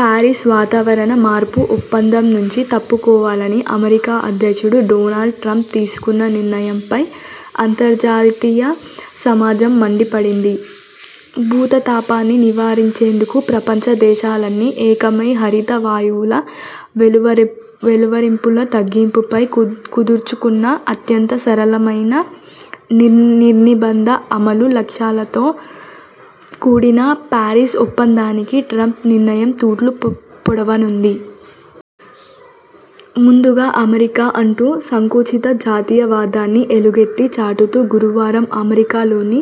Paris 'వాతావరణ మార్పు' ఒప్పందం నుంచి తప్పుకోవాలని అమెరికా అధ్యక్షుడు డోనాల్డ్ ట్రంప్ తీసుకున్న నిర్ణయంపై అంతర్జాతీయ సమాజం మండిపడింది. భూతతాపాన్ని నివారించేందుకు ప్రపంచ దేశాలన్నీ ఏకమై హరిత వాయువుల డెలివ విలువరిం వెలువరింపుల తగ్గింపుపై కుదుర్చుకున్న అత్యంత సరళమైన, నిర్నిబంధ అమలు లక్ష్యాలతో కూడిన ప్యారిస్ ఒప్పందానికి ట్రంప్ నిర్ణయం తూట్లు పొడవనుంది. 'ముందుగా అమెరికా ' అంటూ సంకుచిత జాతీయవాదాన్ని ఎలుగెత్తి చాటుతూ గురువారం అమెరికాలోని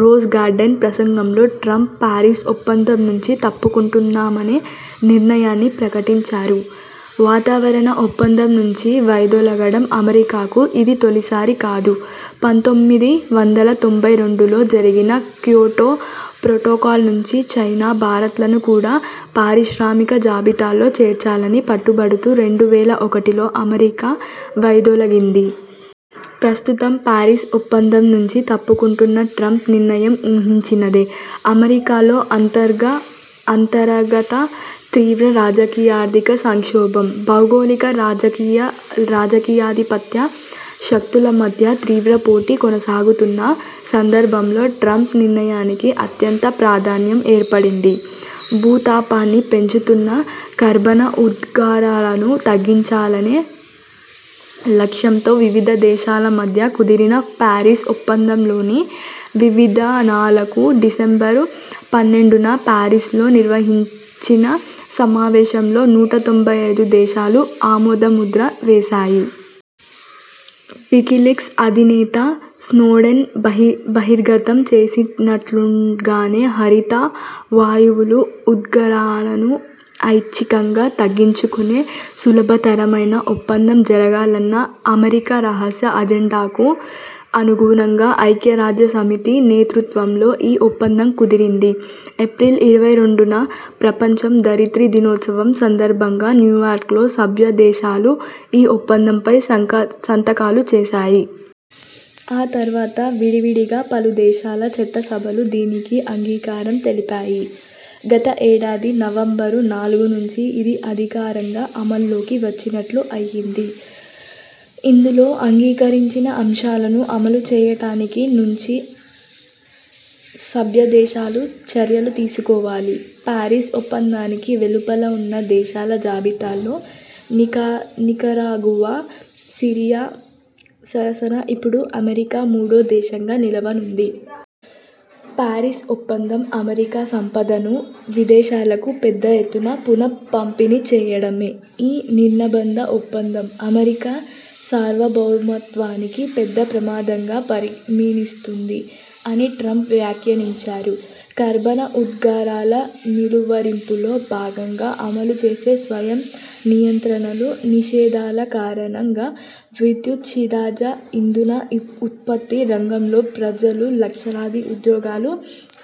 రోజ్ గార్డెన్ ప్రసంగంలో ట్రంప్ ప్యారిస్ ఒప్పందం నుంచి తప్పుకుంటున్నామనే నిర్ణయాన్ని ప్రకటించారు. వాతావరణ ఒప్పందం నుంచి వైదొలగడం అమెరికాకు ఇది తొలిసారి కాదు. పంతొమ్మిది వందల తొంభై రెండులో జరిగిన క్యోటో ప్రొటోకాల్ నుంచి చైనా, భారత్లను కూడా పారిశ్రామిక జాబితాలో చేర్చాలని పట్టుబడుతూ రెండు వేల ఒకటిలో అమెరికా వైదొలగింది. ప్రస్తుతం ప్యారిస్ ఒప్పందం నుంచి తప్పుకుంటున్న ట్రంప్ నిర్ణయం ఊహించినదే. అమెరికాలో అంతర్గ అంతరగత తీవ్ర రాజకీయార్థిక సంక్షోభం, భౌగోళిక రాజకీయ రాజకీయాధిపత్య శక్తుల మధ్య తీవ్ర పోటీ కొనసాగుతున్న సందర్భంలో ట్రంప్ నిర్ణయానికి అత్యంత ప్రాధాన్యం ఏర్పడింది. భూతాపాన్ని పెంచుతున్న కర్బన ఉద్గారాలను తగ్గించాలనే లక్ష్యంతో వివిధ దేశాల మధ్య కుదిరిన పారిస్ ఒప్పందంలోని వివిధానాలకు డిసెంబరు పన్నెండున ప్యారిస్లో నిర్వహించిన సమావేశంలో నూట తొంభై ఐదు దేశాలు ఆమోదముద్ర వేశాయి. వికీలీక్స్ అధినేత స్నోడెన్ బహి బహిర్గతం చేసినట్లుగానే హరిత వాయువుల ఉద్గారాలను ఐచ్ఛికంగా తగ్గించుకునే సులభతరమైన ఒప్పందం జరగాలన్న అమెరికా రహస్య అజెండాకు అనుగుణంగా ఐక్యరాజ్యసమితి నేతృత్వంలో ఈ ఒప్పందం కుదిరింది. ఏప్రిల్ ఇరవై రెండున ప్రపంచం ధరిత్రి దినోత్సవం సందర్భంగా న్యూయార్క్లో సభ్యదేశాలు ఈ ఒప్పందంపై సంతకాలు చేశాయి. ఆ తర్వాత విడివిడిగా పలుదేశాల చట్టసభలు దీనికి అంగీకారం తెలిపాయి. గత ఏడాది నవంబరు నాలుగు నుంచి ఇది అధికారంగా అమల్లోకి వచ్చినట్లు అయింది. ఇందులో అంగీకరించిన అంశాలను అమలు చేయటానికి నుంచి సభ్యదేశాలు చర్యలు తీసుకోవాలి. ప్యారిస్ ఒప్పందానికి వెలుపల ఉన్న దేశాల జాబితాలో నిక నికరాగువా, సిరియా సరసన ఇప్పుడు అమెరికా మూడో దేశంగా నిలవనుంది. 'ప్యారిస్ ఒప్పందం అమెరికా సంపదను విదేశాలకు పెద్ద ఎత్తున పునఃపంపిణీ చేయడమే. ఈ నిర్నిబంధ ఒప్పందం అమెరికా సార్వభౌమత్వానికి పెద్ద ప్రమాదంగా పరిమిరిస్తుంది' అని ట్రంప్ వ్యాఖ్యానించారు. కర్బన ఉద్గారాల నిలువరింపుల్లో భాగంగా అమలు చేసే స్వయం నియంత్రణలు, నిషేధాల కారణంగా విద్యుత్, శిలాజ ఇంధన ఉత్పత్తి రంగంలో ప్రజలు లక్షలాది ఉద్యోగాలు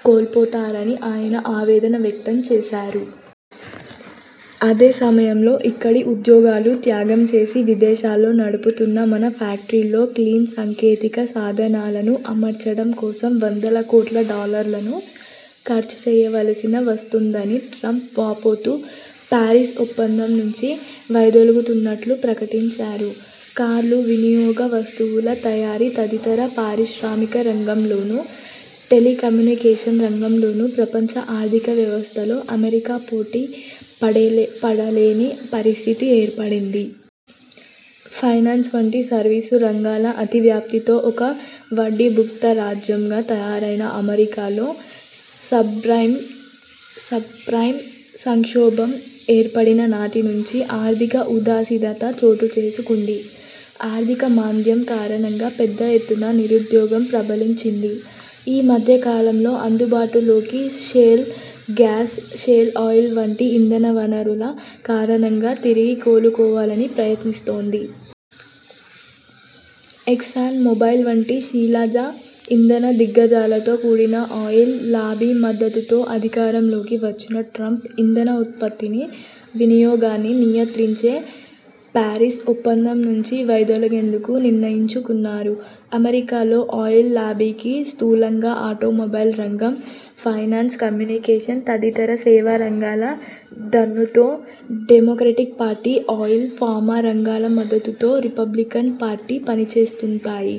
కోల్పోతారని ఆయన ఆవేదన వ్యక్తం చేశారు. అదే సమయంలో ఇక్కడి ఉద్యోగాలు త్యాగం చేసి విదేశాల్లో నడుపుతున్న మన ఫ్యాక్టరీల్లో క్లీన్ సంకేతిక సాధనాలను అమర్చడం కోసం వందల కోట్ల డాలర్లను ఖర్చు చేయవలసిన వస్తోందని ట్రంప్ వాపోతూ ప్యారిస్ ఒప్పందం నుంచి వైదొలగుతున్నట్లు ప్రకటించారు. కార్లు, వినియోగ వస్తువుల తయారీ తదితర పారిశ్రామిక రంగంలోనూ, టెలికమ్యూనికేషన్ రంగంలోనూ ప్రపంచ ఆర్థిక వ్యవస్థలో అమెరికా పోటీ పడేలే పడలేని పరిస్థితి ఏర్పడింది. ఫైనాన్స్ వంటి సర్వీసు రంగాల అతి వ్యాప్తితో ఒక 'వడ్డీభుక్త' రాజ్యం గా తయారైన అమెరికాలో సబ్ప్రైమ్ సబ్ప్రైం సంక్షోభం ఏర్పడిన నాటి నుంచి ఆర్థిక ఉదాసీనత చోటుచేసుకుంది. ఆర్థిక మాంద్యం కారణంగా పెద్ద ఎత్తున నిరుద్యోగం ప్రబలింది. ఈ మధ్యకాలంలో అందుబాటులోకి షేల్ గ్యాస్, షేల్ ఆయిల్ వంటి ఇంధన వనరుల కారణంగా తిరిగి కోలుకోవాలని ప్రయత్నిస్తోంది. ఎక్సాన్ మొబైల్ వంటి శిలాజ ఇంధన దిగ్గజాలతో కూడిన ఆయిల్ లాబీ మద్దతుతో అధికారంలోకి వచ్చిన ట్రంప్ ఇంధన ఉత్పత్తిని, వినియోగాన్ని నియంత్రించే ప్యారిస్ ఒప్పందం నుంచి వైదొలగేందుకు నిర్ణయించుకున్నారు. అమెరికాలో ఆయిల్ లాబీకి, స్థూలంగా ఆటోమొబైల్ రంగం, ఫైనాన్స్, కమ్యూనికేషన్స్ తదితర సేవా రంగాల దన్నుతో డెమొక్రటిక్ పార్టీ ఆయిల్, ఫార్మా రంగాల మద్దతుతో రిపబ్లికన్ పార్టీ పనిచేస్తుంటాయి.